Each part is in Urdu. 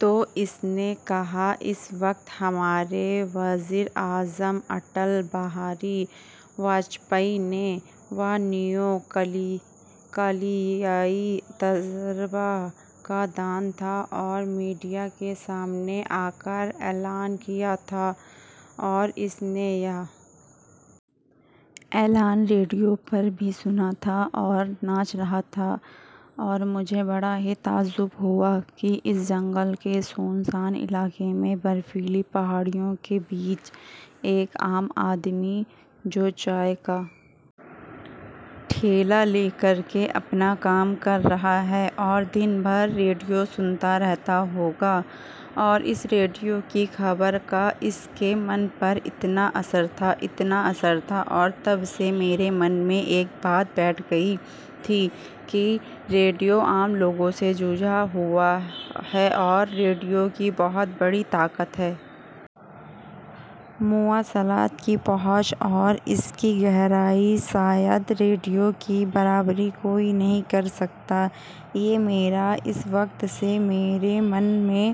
تو اس نے کہا اس وقت ہمارے وزیر اعظم اٹل بہاری واجپئی نے – وہ نیو کلیائی تجربہ کا دن تھا اور میڈیا کے سامنے آکر اعلان کیا تھا اور اس نے یہ اعلان ریڈیو پر بھی سنا تھا اور ناچ رہا تھا اور مجھے بڑا ہی تعجب ہوا کہ اس جنگل کے سنسان علاقے میں، برفیلی پہاڑیوں کے بیچ، ایک عام آدمی جو چائے کا ٹھیلہ لے کر کے اپنا کام کر رہا ہے اور دن بھر ریڈیو سنتا رہتا ہوگا اور اس ریڈیو کی خبر کا اس کے من پر اتنا اثر تھا، اتنا اثر تھا اور تب سے میرے من میں ایک بات بیٹھ گئی تھی کہ ریڈیو عام لوگوں سے جڑا ہوا ہے اور ریڈیو کی بہت بڑی طاقت ہے۔ مواصلات کی پہنچ اور اس کی گہرائی، شاید ریڈیو کی برابری کوئی نہیں کرسکتا یہ میرا اس وقت سے میرے من میں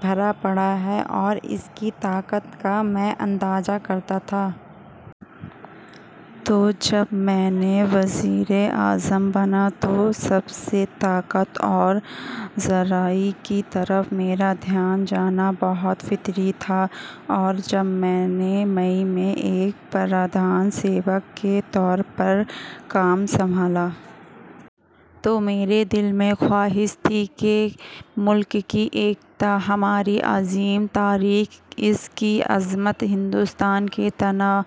بھرا پڑا ہے اور اس کی طاقت کا میں اندازہ کرتا تھا۔ تو جب میں وزیر اعظم بنا تو سب سے طاقت ور ذرائع کی طرف میرا دھیان جانا بہت فطری تھا۔ اور جب میں نے مئی میں ایک 'پردھان-سیوک' کے طور پر کام سنبھالا تو میرے دل میں خواہش تھی کہ ملک کی ایکتا، ہماری عظیم تاریخ، اس کی عظمت ، ہندوستان کی تنوع،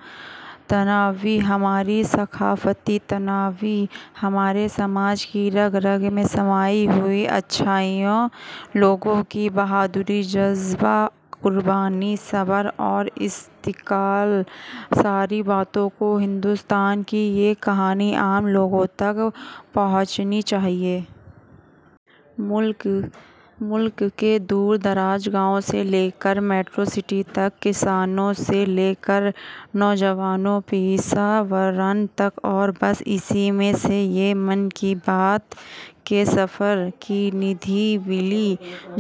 ہماری ثقافتی تنوع، ہمارے سماج کی رگ رگ میں سمائی ہوئی اچھائیاں، لوگوں کی بہادری ،جذبہ، قربانی ،صبر واستقلال ان ساری باتوں کو، ہندوستان کی یہ کہانی عام لوگوں تک پہنچنی چاہئے۔ ملک کے دور دراز گاؤوں سے لے کر میٹرو سٹی تک، کسانوں سے لے کر نوجوان پیشہ وروں تک اور بس اسی میں سے یہ 'من کی بات' کے سفر کی. نئیدہلی۔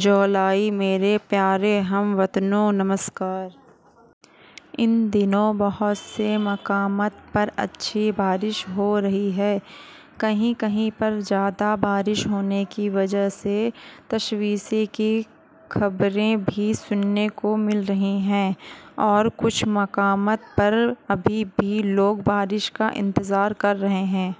جولائی ؛ میرے پیارے ہم وطنوں، نمسکار۔ ان دنوں بہت سے مقامات پر اچھی بارش ہو رہی ہے۔ کہیں کہیں پر زیادہ بارش ہونے کی وجہ سے تشویش کی خبریں بھی سننے کو مل رہی ہیں اور کچھ مقامات پر ابھی بھی لوگ بارش کا انتظار کر رہے ہیں۔